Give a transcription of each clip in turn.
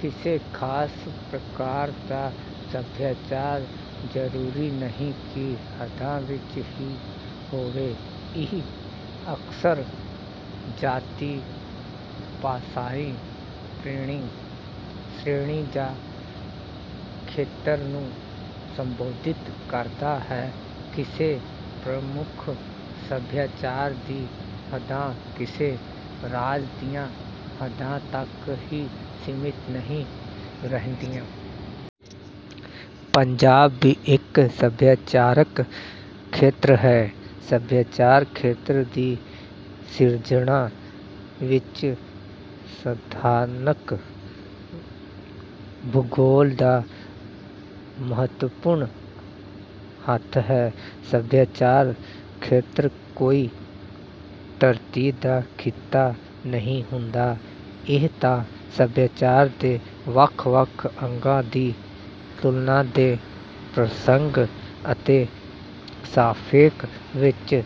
ਕਿਸੇ ਖਾਸ ਪ੍ਰਕਾਰ ਦਾ ਸਭਿਆਚਾਰ ਜ਼ਰੂਰੀ ਨਹੀਂ ਕਿ ਹੱਦਾਂ ਵਿੱਚ ਹੀ ਹੋਵੇ। ਇਹ ਅਕਸਰ ਜਾਤੀ-ਭਾਸ਼ਾਈ ਸ਼੍ਰੇਣੀ ਜਾਂ ਖੇਤਰ ਨੂੰ ਸੰਬੋਧਿਤ ਕਰਦਾ ਹੈ। ਕਿਸੇ ਪ੍ਰਮੁੱਖ ਸਭਿਆਚਾਰ ਦੀਆਂ ਹੱਦਾਂ ਕਿਸੇ ਰਾਜ ਦੀਆਂ ਹੱਦਾਂ ਤੱਕ ਹੀ ਸੀਮਿਤ ਨਹੀਂ ਰਹਿੰਦੀਆਂ। ਪੰਜਾਬ ਵੀ ਇੱਕ ਸਭਿਆਚਾਰਕ ਖੇਤਰ ਹੈ। ਸਭਿਆਚਾਰਕ ਖੇਤਰ ਦੀ ਸਿਰਜਣਾ ਵਿੱਚ ਸਥਾਨਕ ਭੂਗੋਲ ਦਾ ਮਹੱਤਵਪੂਰਨ ਹੱਥ ਹੈ। ਸਭਿਆਚਾਰਕ ਖੇਤਰ ਕੋਈ ਧਰਤੀ ਦਾ ਖਿੱਤਾ ਨਹੀਂ ਹੁੰਦਾ। ਇਹ ਤਾਂ ਸਭਿਆਚਾਰ ਦੇ ਵੱਖ-ਵੱਖ ਅੰਗਾਂ ਦੀ ਤੁਲਨਾ ਦੇ ਪ੍ਰਸੰਗ ਅਤੇ ਸਾਪੇਖ ਵਿੱਚ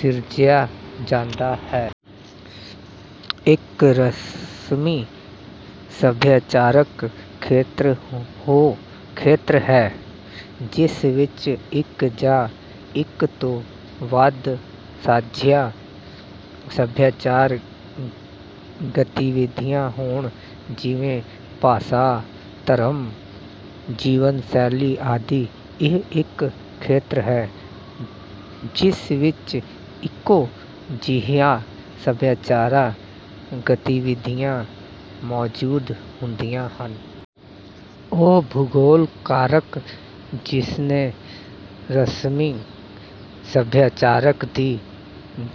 ਸਿਰਜਿਆ ਜਾਂਦਾ ਹੈ। ਇੱਕ ਰਸਮੀ ਸਭਿਆਚਾਰਕ ਖੇਤਰ ਉਹ ਖੇਤਰ ਹੈ, ਜਿਸ ਵਿੱਚ ਇੱਕ ਜਾਂ ਇੱਕ ਤੋਂ ਵੱਧ ਸਾਂਝੀਆਂ ਸਭਿਆਚਾਰਕ ਗਤੀਵਿਧੀਆਂ ਹੋਣ, ਜਿਵੇਂ - ਭਾਸ਼ਾ, ਧਰਮ, ਜੀਵਨ ਸ਼ੈਲੀ ਆਦਿ। ਇਹ ਇੱਕ ਖੇਤਰ ਹੈ, ਜਿਸ ਵਿੱਚ ਇੱਕੋ ਜਿਹੀਆਂ ਸਭਿਆਚਾਰਕ ਗਤੀਵਿਧੀਆਂ ਮੌਜੂਦ ਹੁੰਦੀਆਂ ਹਨ। ਉਹ ਭੂਗੋਲਕਾਰ, ਜਿਸਨੇ ਰਸਮੀ ਸਭਿਆਚਾਰ ਦੀ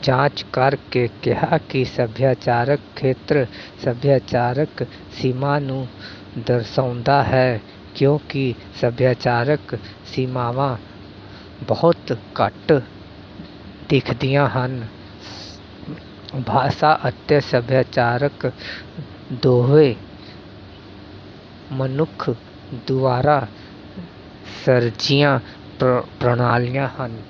ਜਾਂਚ ਕਰ ਕੇ ਕਿਹਾ ਕਿ ਸਭਿਆਚਾਰਕ ਖੇਤਰ, ਸਭਿਆਚਾਰਕ ਸੀਮਾ ਨੂੰ ਦਰਸਾਉਂਦਾ ਹੈ, ਕਿਉਂਕਿ ਸਭਿਆਚਾਰਕ ਸੀਮਾਵਾਂ ਬਹੁਤ ਘੱਟ ਤਿੱਖੀਆਂ ਹਨ। ਭਾਸ਼ਾ ਅਤੇ ਸਭਿਆਚਾਰ ਦੋਵੇਂ ਮਨੁੱਖ ਦੁਆਰਾ ਸਿਰਜਿਤ ਪ੍ਰਣਾਲੀਆਂ ਹਨ।